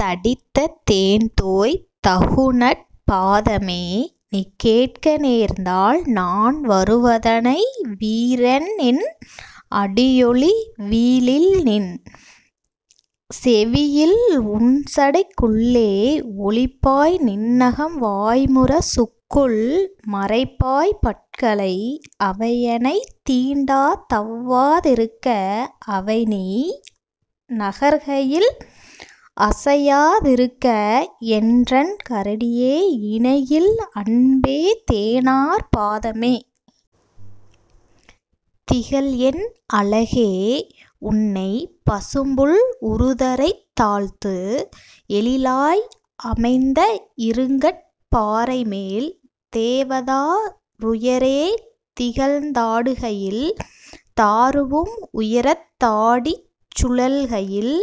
தடித்த தேன்தோய் தகுநற் பாதமே! நீகேட்க நேர்ந்தால் நான்வரு வதனை வீரன்என் அடியொலி வீழில்நின் செவியில் உன்சடைக் குள்ளே ஒளிப்பாய் நின்நகம் வாய்முர சுக்குள் மறைப்பாய் பற்களை அவையெனைத் தீண்டா தவ்வா றிருக்க அவைநீ நகர்கையில் அசையா திருக்க! என்றன் கரடியே, இணையில் அன்பே! தேனார் பாதமே. திகழ்என் அழகே! உன்னைப் பசும்புல் உறுதரைத் தாழ்த்து எழிலாய் அமைந்த இருங்கற் பாறைமேல் தேவதா ருயரே திகழ்ந் தாடுகையில் தாருவும் உயரத் தாடிச் சுழல்கையில்;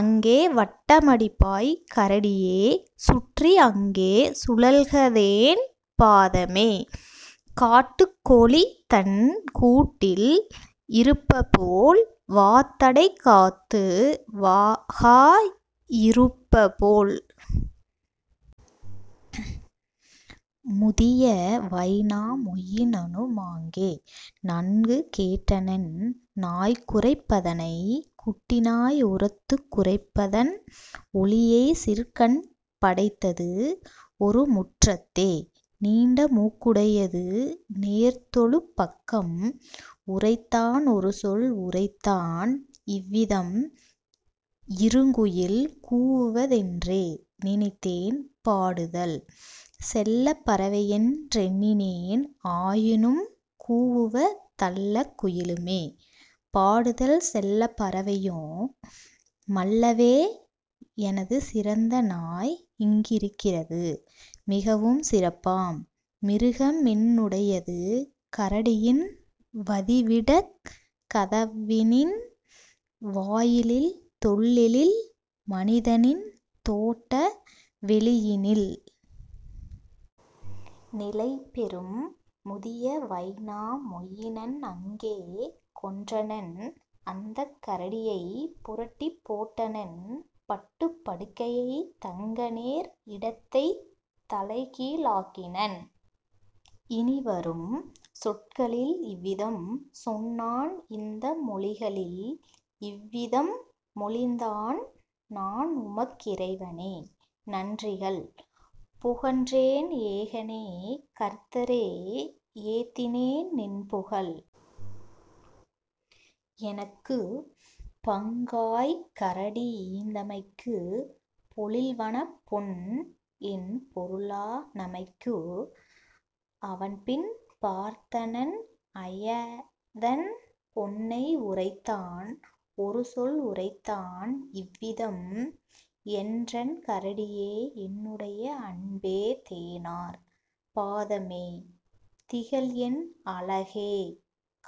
அங்கே வட்ட மடிப்பாய் கரடியே, சுற்றி அங்கே சுழல்கதேன் பாதமே, காட்டுக் கோழிதன் கூட்டில் இருப்பபோல் வாத்தடை காத்து வாகா யிருப்பபோல். " முதிய வைனா மொயினனு மாங்கே நன்கு கேட்டனன் நாய்குரைப் பதனை குட்டிநாய் உரத்துக் குரைப்பதன் ஒலியை சிறுகண் படைத்தது ஒருமுற் றத்தே நீண்டமூக் குடையது நேர்த்தொழுப் பக்கம் உரைத்தான் ஒருசொல் உரைத்தான் இவ்விதம்: "இருங்குயில் கூவுவ தென்றே நினைத்தேன் பாடுதல் செல்லப் பறவையென் றெண்ணினேன் ஆயினும் கூவுவ தல்லக் குயிலுமே பாடுதல் செல்லப் பறவையு மல்லவே; எனது சிறந்தநாய் இங்கிருக் கிறது மிகவும் சிறப்பாம் மிருகமென் னுடையது கரடியின் வதிவிடக் கதவினின் வாயிலில் தொல்எழில் மனிதனின் தோட்ட வெளியினில். " நிலைபெறும் முதிய வைனா மொயினன் அங்கே கொன்றனன் அந்தக் கரடியை புரட்டிப் போட்டனன் பட்டுப் படுக்கையை தங்கநேர் இடத்தைத் தலைக்கீ ழாக்கினன் இனிவரும் சொற்களில் இவ்விதம் சொன்னான் இந்த மொழிகளில் இவ்விதம் மொழிந்தான்: "நான்உமக் கிறைவனே, நன்றிகள் புகன்றேன்! ஏகனே, கர்த்தரே, ஏத்தினேன் நின்புகழ்! எனக்குப் பங்காய்க் கரடிஈந் தமைக்கு பொழில்வனப் பொன்என் பொருளா னமைக்கு! " அவன்பின் பார்த்தனன் அயதன் பொன்னை உரைத்தான் ஒருசொல் உரைத்தான் இவ்விதம்: "என்றன் கரடியே, என்னுடை அன்பே! தேனார் பாதமே, திகழ்என் அழகே!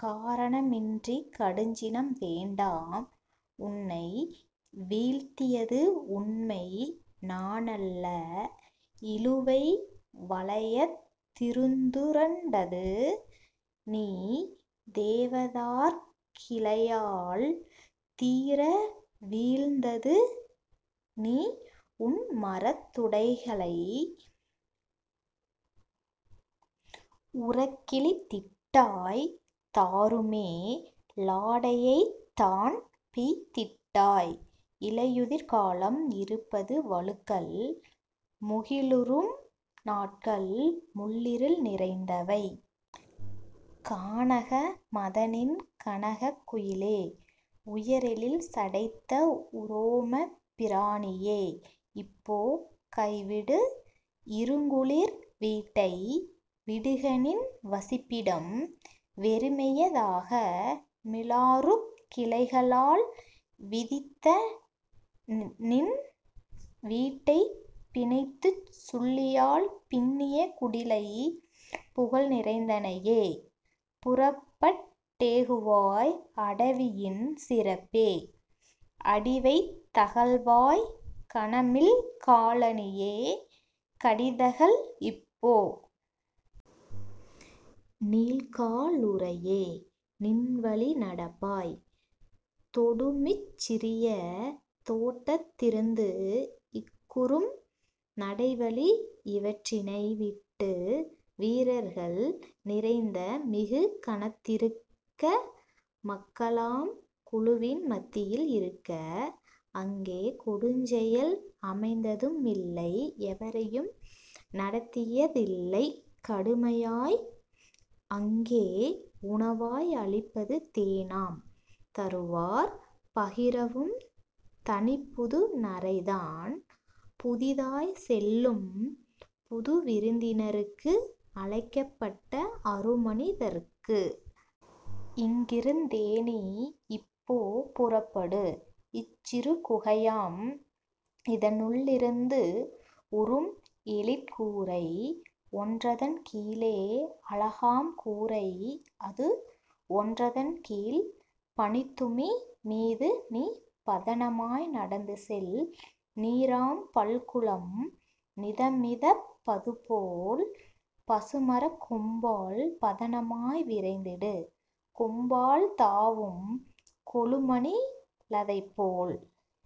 காரண மின்றிக் கடுஞ்சினம் வேண்டாம் உன்னைவீழ்த் தியது உண்மைநா னல்ல இழுவை வளையத் திருந்துருண் டதுநீ தேவதார்க் கிளையால் தீரவீழ்ந் ததுநீ உன்மரத் துடைகளை உறக்கிழித் திட்டாய் தாருமே லாடையைத் தான்பிய்த் திட்டாய்; இலையுதிர் காலம் இருப்பது வழுக்கல் முகிலுறும் நாட்கள் மூள்இருள் நிறைந்தவை. கானக மதனின் கனகக் குயிலே! உயர்எழில் சடைத்த உரோமப் பிராணியே! இப்போ கைவிடு இருங்குளிர் வீட்டை விடுகநின் வசிப்பிடம் வெறுமைய தாக மிலாறுக் கிளைகளால் விதித்தநின் வீட்டை பிணைத்துச் சுள்ளியால் பின்னிய குடிலை; புகழ்நிறைந் தனையே, புறப்பட் டேகுவாய்! அடவியின் சிறப்பே, அடிவைத் தகல்வாய்! கனமில்கா லணியே, கடிதகல் இப்போ! நீல்க்கா லுறையே, நின்வழி நடப்பாய்! தொடுமிச் சிறிய தோட்டத் திருந்து இக்குறும் நடைவழி இவற்றினை விட்டு வீரர்கள் நிறைந்த மிகுகணத் திருக்க, மக்களாம் குழுவின் மத்தியில் இருக்க. அங்கே கொடுஞ்செயல் அமைந்தது மில்லை எவரையும் நடத்திய தில்லைக் கடுமையாய்: அங்கே உணவாய் அளிப்பது தேனாம் தருவார் பருகவும் தனிப்புது நறைதான் புதிதாய்ச் செல்லும் புதுவிருந் தினர்க்கு அழைக்கப்பட்ட அருமனி தர்க்கு! இங்கிருந் தேநீ இப்போ புறப்படு இச்சிறு குகையாம் இதனுள் ளிருந்து உறும்எழிற் கூரை ஒன்றதன் கீழே அழகாம் கூரை அதுஒன் றதன்கீழ்; பனித்துமி மீதுநீ பதமாய் நடந்துசெல் நீராம் பல்குளம் நிதமிதப் பதுபோல், பசுமரக் கொம்பால் பதனமாய் விரைந்திடு கொம்பால் தாவும் கொழுமணி லதைப்போல்.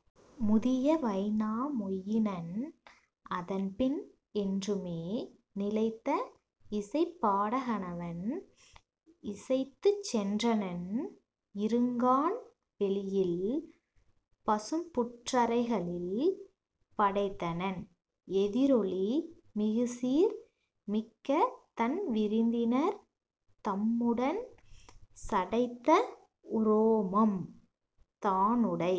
" முதிய வைனா மொயினன் அதன்பின் என்றுமே நிலைத்த இசைப்பா டகனவன் இசைத்துச் சென்றனன் இருங்கான் வெளியில் பசும்புற் றரைகளில் படைத்தனன் எதிரொலி மிகுசீர் மிக்கதன் விருந்தினர் தம்முடன் சடைத்த உரோமம் தானுடை